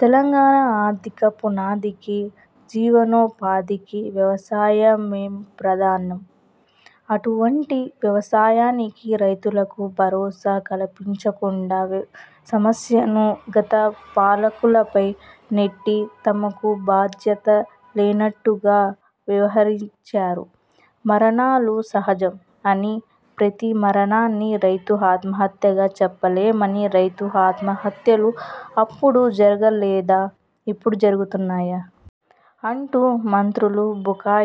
తెలంగాణ ఆర్థిక పునాదికి, జీవనో పాధికి వ్యవసాయమే ప్రధానం. అటువంటి వ్యవసాయానికీ రైతులకూ భరోసా కల్పించకుండా సమస్యను గత పాలకులపై నెట్టి తమకు బాధ్యత లేనట్టుగా వ్యవహరించారు. మరణాలు సహజం అని, ప్రతి మరణాన్ని రైతు ఆత్మహత్యగా చెప్పలేమని, రైతు ఆత్మహత్యలు అప్పుడు జరగలేదా? ఇప్పుడే జరుగుతున్నాయా? అంటూ మంత్రులు బుకా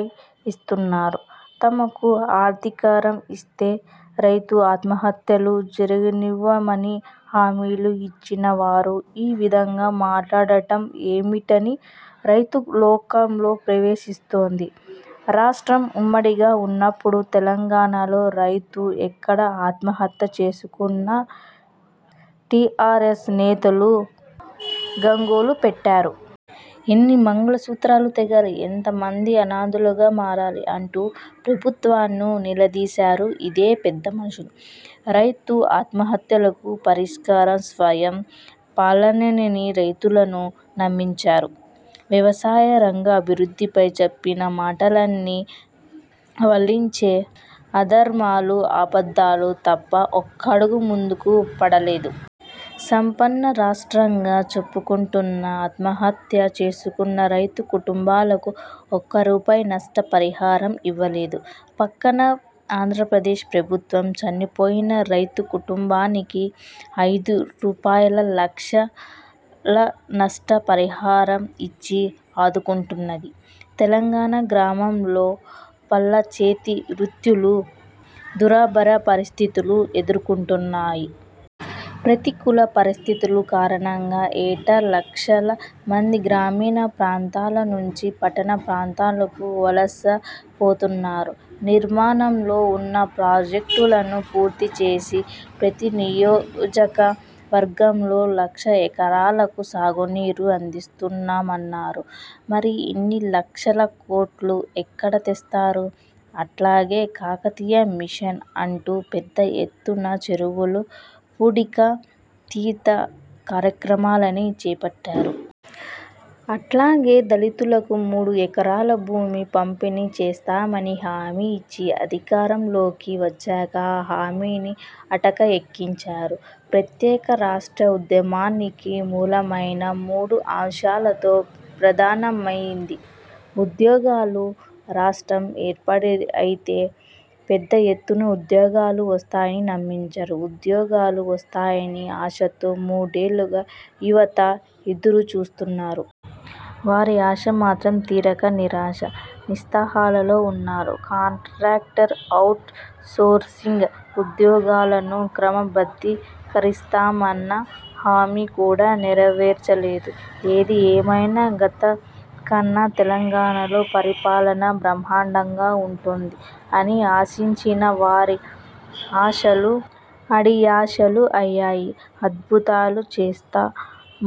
యిస్తున్నారు. తమకు అధికారం ఇస్తే రైతు ఆత్మహత్యలు జరగనివ్వమని హామీలు ఇచ్చిన వారు ఈ విధంగా మాట్లాడటం ఏమిటని రైతు లోకం ప్రశ్నిస్తుంది. రాష్ట్రం ఉమ్మడిగా ఉన్నప్పుడు తెలంగాణ లో రైతు ఎక్కడ ఆత్మహత్య చేసుకున్నా టీఆర్ఎస్ నేతలు గగ్గోలు పెట్టారు. ఎన్ని మంగళ సూత్రాలు తెగాలి? ఎంత మంది అనాథలుగా మారాలి? అంటూ ప్రభుత్వాలను నిలదీశారు ఇదే పెద్ద మనుషులు. రైతు ఆత్మహత్యలకు పరిష్కారం స్వయం పాలనేనని రైతులను నమ్మించారు. వ్యవసాయ రంగం అభివృద్ధి పై చెప్పిన మాటలన్నీ, వల్లించే ఆదర్శాలు అబద్ధాలు తప్ప ఒక్క అడుగు ముందుకు పడలేదు. సంపన్న రాష్ట్రంగా చెప్పుకుంటున్నా ఆత్మహత్య చేసుకున్న రైతు కుంటుంబాలకు ఒక్క రూపాయి నష్ట పరిహారం ఇవ్వలేదు. పక్కన ఆంధ్రప్రదేశ్ ప్రభుత్వం చనిపోయిన రైతు కుంటుంబానికి ఐదు రూపాయల లక్షల నష్ట పరిహారం ఇచ్చి ఆదుకుంటున్నది. తెలంగాణ గ్రామాల్లో పలు చేతి వృత్తులు దుర్భర పరిస్థితులు ఎదుర్కొంటున్నాయి. ప్రతికూల పరిస్థితులు కారణంగా ఏటా లక్షల మంది గ్రామీణ ప్రాంతాల నుంచి పట్టణ ప్రాంతాలకు వలస పోతున్నారు. నిర్మాణంలో ఉన్న ప్రాజెక్టులను పూర్తి చేసి ప్రతి నియోజక వర్గంలో లక్ష ఎకరాలకు సాగు నీరు అందిస్తామన్నారు. మరి ఇన్ని లక్షల కోట్లు ఎక్కడ తెస్తారు? అట్లాగే కాకతీయ మిషన్ అంటు పెద్ద ఎత్తున చెరువుల పూడిక తీత కార్యక్రమాన్ని చేపట్టారు. అట్లాగే దళితులకు మూడు ఎకరాల భూమి పంపిణీ చేస్తామని హామీ ఇచ్చి అధికారం లోకి వచ్చాక ఆ హామీని అటక ఎక్కించారు. ప్రత్యేక రాష్ట్ర ఉద్యమానికి మూలమైన మూడు అంశాలతో ప్రధానమైంది ఉద్యోగాలు. రాష్ట్రం ఏర్పాడయితే పెద్ద ఎత్తున ఉద్యోగాలు వస్తాయని నమ్మించారు. ఉద్యోగాలు వస్తాయన్న ఆశతో మూడేళ్లుగా యువత ఎదురు చూస్తున్నారు. వారి ఆశ మాత్రం తీరక నిరాశ, నిస్తాహల్లో ఉన్నారు. కాంట్రాక్టర్, ఔట్ సోర్సింగ్ ఉద్యోగులను క్రమబద్ధీ కరిస్తామన్న హామీ కూడా నెరవేర్చలేదు. ఏది ఏమైనా గతం కన్నా తెలంగాణలో పరిపాలన బ్రహ్మాండంగా ఉంటుంది అని ఆశించిన వారి ఆశలు అడియాశలు అయ్యాయి. అద్భుతాలు చేస్తా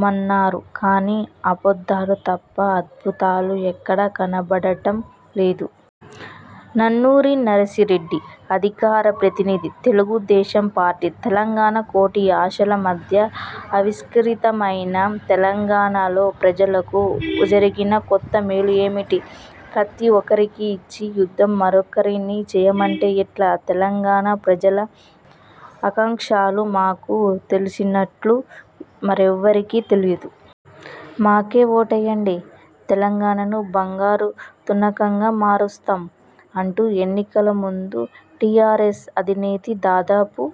మన్నారు కానీ అబద్ధాలు తప్ప అద్భుతాలు ఎక్కడా కనపడటం లేదు. నన్నూరి నర్సిరెడ్డి అధికార ప్రతినిధి, తెలుగు దేశం పార్టీ, తెలంగాణ కోటి ఆశల మధ్య ఆవిష్కృతమైన తెలంగాణ లో ప్రజలకు జరిగిన కొత్త మేలు ఏమిటి? కత్తి ఒకరికి ఇచ్చి యుద్ధం మరొకరిని చేయమంటే ఎట్లా? 'తెలంగాణ ప్రజల ఆకాంక్షలు మాకు తెలిసినట్లు మరెవరికీ తెలియదు. మాకే ఓటెయ్యండి. తెలంగాణ ను బంగారు తునకగా మారుస్తాం' అంటూ ఎన్నికల ముందు టీఆర్ఎస్ అధినేతి దాదాపు